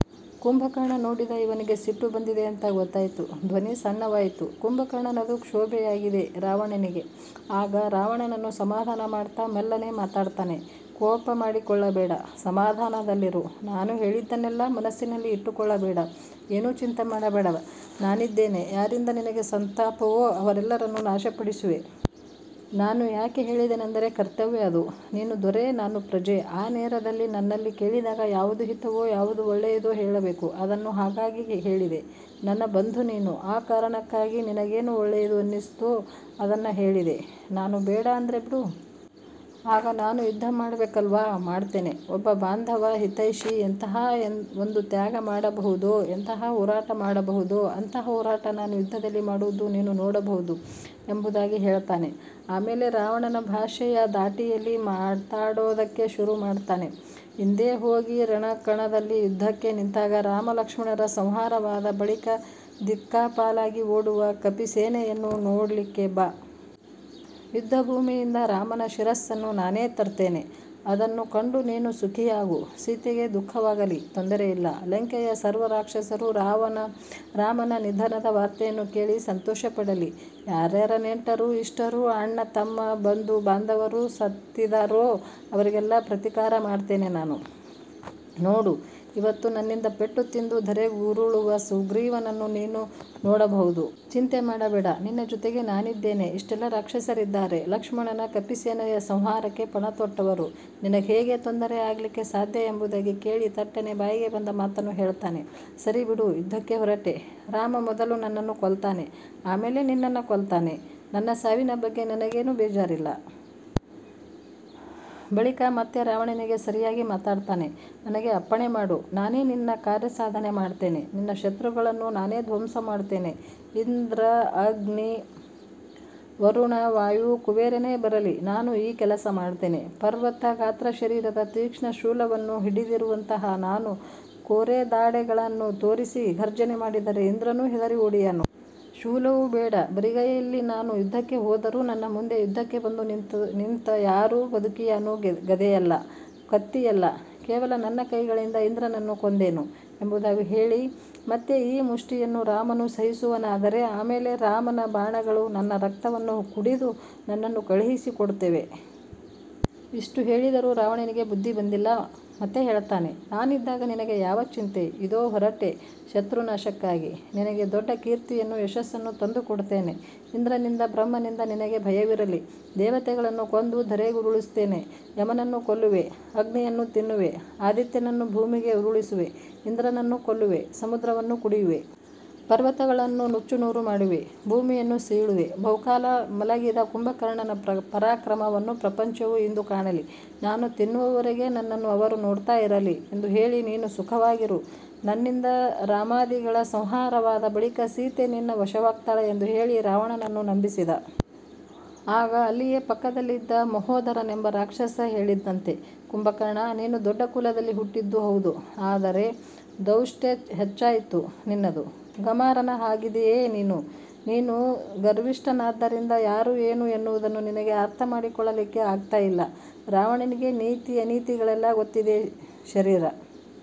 ಕುಂಭಕರ್ಣ ನೋಡಿದ ಇವನಿಗೆ ಸಿಟ್ಟು ಬಂದಿದೆ ಅಂತ ಗೊತ್ತಾಯ್ತು. ಧ್ವನಿ ಸಣ್ಣವಾಯಿತು ಕುಂಭಕರ್ಣನದು. ಕ್ಷೋಭೆಯಾಗಿದೆ ರಾವಣನಿಗೆ. ಆಗ ರಾವಣನನ್ನು ಸಮಾಧಾನ ಮಾಡ್ತಾ ಮೆಲ್ಲನೆ ಮಾತಾಡ್ತಾನೆ. ಕೋಪ ಮಾಡಿಕೊಳ್ಳಬೇಡ. ಸಮಾಧಾನದಲ್ಲಿರು. ನಾನು ಹೇಳಿದ್ದನ್ನೆಲ್ಲ ಮನಸ್ಸಿನಲ್ಲಿ ಇಟ್ಟುಕೊಳ್ಳಬೇಡ. ಏನೂ ಚಿಂತೆ ಮಾಡಬೇಡ. ನಾನಿದ್ದೇನೆ. ಯಾರಿಂದ ನಿನಗೆ ಸಂತಾಪವೋ ಅವರೆಲ್ಲರನ್ನೂ ನಾಶಪಡಿಸುವೆ. ನಾನು ಯಾಕೆ ಹೇಳಿದೆನೆಂದರೆ ಕರ್ತವ್ಯ ಅದು. ನೀನು ದೊರೆ ನಾನು ಪ್ರಜೆ. ಆ ನೇರದಲ್ಲಿ ನನ್ನಲ್ಲಿ ಕೇಳಿದಾಗ ಯಾವುದು ಹಿತವೋ, ಯಾವುದು ಒಳ್ಳೆಯದೋ ಹೇಳಬೇಕು ಅದನ್ನು. ಹಾಗಾಗಿ ಹೇಳಿದೆ. ನನ್ನ ಬಂಧು ನೀನು. ಆ ಕಾರಣಕ್ಕಾಗಿ ನಿನಗೇನು ಒಳ್ಳೆಯದು ಅನ್ನಿಸ್ತೋ ಅದನ್ನ ಹೇಳಿದೆ ನಾನು. ಬೇಡ ಅಂದ್ರೆ ಬಿಡು. ಈಗ ನಾನು ಯುದ್ಧ ಮಾಡ್ಬೇಕಲ್ವಾ ಮಾಡ್ತೇನೆ. ಒಬ್ಬ ಬಾಂಧವ, ಹಿತೈಷಿ ಎಂತಹಾ ಒಂದು ತ್ಯಾಗ ಮಾಡಬಹುದೋ, ಎಂತಹ ಹೋರಾಟ ಮಾಡಬಹುದೋ ಅಂತಹ ಹೋರಾಟ ನಾನು ಯುದ್ಧದಲ್ಲಿ ಮಾಡುವುದು ನೀನು ನೋಡಬಹುದು ಎಂಬುದಾಗಿ ಹೇಳ್ತಾನೆ. ಆಮೇಲೆ ರಾವಣನ ಭಾಷೆಯ ಧಾಟಿಯಲ್ಲಿ ಮಾತಾಡೋದಕ್ಕೆ ಶುರು ಮಾಡ್ತಾನೆ. ಇಂದೇ ಹೋಗಿ ರಣಕಣದಲ್ಲಿ ಯುದ್ಧಕ್ಕೆ ನಿಂತಾಗ ರಾಮ-ಲಕ್ಷ್ಮಣರ ಸಂಹಾರವಾದ ಬಳಿಕ ದಿಕ್ಕಾಪಾಲಾಗಿ ಓಡುವ ಕಪಿಸೇನೆಯನ್ನು ನೋಡ್ಲಿಕ್ಕೆ ಬಾ. ಯುದ್ಧಭೂಮಿಯಿಂದ ರಾಮನ ಶಿರಸ್ಸನ್ನು ನಾನೇ ತರ್ತೇನೆ. ಅದನ್ನು ಕಂಡು ನೀನು ಸುಖಿಯಾಗು. ಸೀತೆಗೆ ದುಃಖವಾಗಲಿ ತೊಂದರೆಯಿಲ್ಲ. ಲಂಕೆಯ ಸರ್ವರಾಕ್ಷಸರು ರಾಮನ ನಿಧನದ ವಾರ್ತೆಯನ್ನು ಕೇಳಿ ಸಂತೋಷಪಡಲಿ. ಯಾರ್ಯಾರ ನೆಂಟರು, ಇಷ್ಟರು, ಅಣ್ಣ, ತಮ್ಮ, ಬಂಧು-ಬಾಂಧವರು ಸತ್ತಿದಾರೋ ಅವರಿಗೆಲ್ಲ ಪ್ರತೀಕಾರ ಮಾಡ್ತೇನೆ ನಾನು. ನೋಡು ಇವತ್ತು ನನ್ನಿಂದ ಪೆಟ್ಟು ತಿಂದು ಧರೆಗುರುಳುವ ಸುಗ್ರೀವನನ್ನು ನೀನು ನೋಡಬಹುದು. ಚಿಂತೆ ಮಾಡಬೇಡ. ನಿನ್ನ ಜೊತೆಗೆ ನಾನಿದ್ದೇನೆ. ಇಷ್ಟೆಲ್ಲ ರಾಕ್ಷಸರಿದ್ದಾರೆ. ಲಕ್ಷ್ಮಣನ, ಕಪಿಸೇನೆಯ ಸಂಹಾರಕ್ಕೆ ಪಣತೊಟ್ಟವರು. ನಿನಗ್ಹೇಗೆ ತೊಂದರೆ ಆಗ್ಲಿಕ್ಕೆ ಸಾಧ್ಯ ಎಂಬುದಾಗಿ ಹೇಳಿ ತಟ್ಟನೆ ಬಾಯಿಗೆ ಬಂದ ಮಾತನ್ನ ಹೇಳ್ತಾನೆ. ಸರಿಬಿಡು. ಯುದ್ಧಕ್ಕೆ ಹೊರಟೆ, ರಾಮ ಮೊದಲು ನನ್ನನ್ನ ಕೊಲ್ತಾನೆ. ಆಮೇಲೆ ನಿನ್ನನ್ನ ಕೊಲ್ತಾನೆ. ನನ್ನ ಸಾವಿನ ಬಗ್ಗೆ ನನಗೇನು ಬೇಜಾರಿಲ್ಲ. ಬಳಿಕ ಮತ್ತೆ ರಾವಣನಿಗೆ ಸರಿಯಾಗಿ ಮಾತಾಡ್ತಾನೆ. ನನಗೇ ಅಪ್ಪಣೆ ಮಾಡು. ನಾನೇ ನಿನ್ನ ಕಾರ್ಯಸಾಧನೆ ಮಾಡ್ತೇನೆ. ನಿನ್ನ ಶತ್ರುಗಳನ್ನು ನಾನೇ ಧ್ವಂಸ ಮಾಡ್ತೇನೆ. ಇಂದ್ರ, ಅಗ್ನಿ, ವರುಣ, ವಾಯು, ಕುಬೇರನೇ ಬರಲಿ ನಾನು ಈ ಕೆಲಸ ಮಾಡ್ತೇನೆ. ಪರ್ವತ ಗಾತ್ರ ಶರೀರದ, ತೀಕ್ಷ್ಣ ಶೂಲವನ್ನು ಹಿಡಿದಿರುವಂತಹ ನಾನು ಕೋರೆದಾಡೆಗಳನ್ನ ತೋರಿಸಿ ಘರ್ಜನೆ ಮಾಡಿದರೆ ಇಂದ್ರನೂ ಹೆದರಿ ಓಡಿಯಾನು. ಶೂಲವೂ ಬೇಡ. ಬರಿಗೈಯಲ್ಲಿ ನಾನು ಯುದ್ಧಕ್ಕೆ ಹೋದರು ನನ್ನ ಮುಂದೆ ಯುದ್ಧಕ್ಕೆ ಬಂದು ನಿಂತ ಯಾರು ಬದುಕಿಯಾನು ಗದೆಯಲ್ಲ, ಕತ್ತಿಯಲ್ಲ, ಕೇವಲ ನನ್ನ ಕೈಗಳಿಂದ ಇಂದ್ರನನ್ನು ಕೊಂದೇನು ಎಂಬುದಾಗಿ ಹೇಳಿ, ಮತ್ತೆ ಈ ಮುಷ್ಠಿಯನ್ನು ರಾಮನು ಸಹಿಸುವನಾದರೆ ಆಮೇಲೆ ರಾಮನ ಬಾಣಗಳು ನನ್ನ ರಕ್ತವನ್ನು ಕುಡಿದು ನನ್ನನ್ನು ಕಳುಹಿಸಿ ಕೊಡ್ತವೆ. ಇಷ್ಟು ಹೇಳಿದರೂ ರಾವಣನಿಗೆ ಬುದ್ಧಿ ಬಂದಿಲ್ಲ. ಮತ್ತೆ ಹೇಳ್ತಾನೆ. ನಾನಿದ್ದಾಗ ನಿನಗೆ ಯಾವ ಚಿಂತೆ? ಇದೋ ಹೊರಟೆ ಶತ್ರು ನಾಶಕ್ಕಾಗಿ. ನಿನಗೆ ದೊಡ್ಡ ಕೀರ್ತಿಯನ್ನು, ಯಶಸ್ಸನ್ನು ತಂದುಕೊಡ್ತೇನೆ. ಇಂದ್ರನಿಂದ, ಬ್ರಹ್ಮನಿಂದ ನಿನಗೆ ಭಯವಿರಲಿ, ದೇವತೆಗಳನ್ನು ಕೊಂದು ಧರೆಗುರುಳಿಸ್ತೇನೆ. ಯಮನನ್ನು ಕೊಲ್ಲುವೆ, ಅಗ್ನಿಯನ್ನು ತಿನ್ನುವೆ, ಆದಿತ್ಯನನ್ನು ಭೂಮಿಗೆ ಉರುಳಿಸುವೆ, ಇಂದ್ರನನ್ನೂ ಕೊಲ್ಲುವೆ, ಸಮುದ್ರವನ್ನು ಕುಡಿಯುವೆ. ಪರ್ವತಗಳನ್ನು ನುಚ್ಚುನೂರು ಮಾಡುವೆ, ಭೂಮಿಯನ್ನು ಸೀಳುವೆ. ಬಹುಕಾಲ ಮಲಗಿದ ಕುಂಭಕರ್ಣನ ಪರಾಕ್ರಮವನ್ನು ಪ್ರಪಂಚವು ಇಂದು ಕಾಣಲಿ. ನಾನು ತಿನ್ನುವವರೆಗೆ ನನ್ನನ್ನು ಅವರು ನೋಡ್ತಾ ಇರಲಿ. ಎಂದು ಹೇಳಿ ನೀನು ಸುಖವಾಗಿರು. ನನ್ನಿಂದ ರಾಮಾದಿಗಳ ಸಂಹಾರವಾದ ಬಳಿಕ ಸೀತೆ ನಿನ್ನ ವಶವಾಗ್ತಾಳೆ ಎಂದು ಹೇಳಿ ರಾವಣನನ್ನು ನಂಬಿಸಿದ. ಆಗ ಅಲ್ಲಿಯೇ ಪಕ್ಕದಲ್ಲಿದ್ದ ಮಹೋದರನೆಂಬ ರಾಕ್ಷಸ ಹೇಳಿದ್ನಂತೆ. ಕುಂಭಕರ್ಣ ನೀನು ದೊಡ್ಡ ಕುಲದಲ್ಲಿ ಹುಟ್ಟಿದ್ದು ಹೌದು ಆದರೆ ದಾಷ್ಟ್ಯ ಹೆಚ್ಚಾಯಿತು ನಿನ್ನದು. ಗಮಾರನ ಹಾಗಿದೀಯೆ ನೀನು. ನೀನು ಗರ್ವಿಷ್ಟನಾದ್ದರಿಂದ ಯಾರು ಏನು ಎನ್ನುವುದನ್ನು ನಿನಗೆ ಅರ್ಥ ಮಾಡಿಕೊಳ್ಳಲಿಕ್ಕೆ ಆಗ್ತಾಯಿಲ್ಲ. ರಾವಣನಿಗೆ ನೀತಿ ಅನೀತಿಗಳೆಲ್ಲ ಗೊತ್ತಿದೆ. ಶರೀರ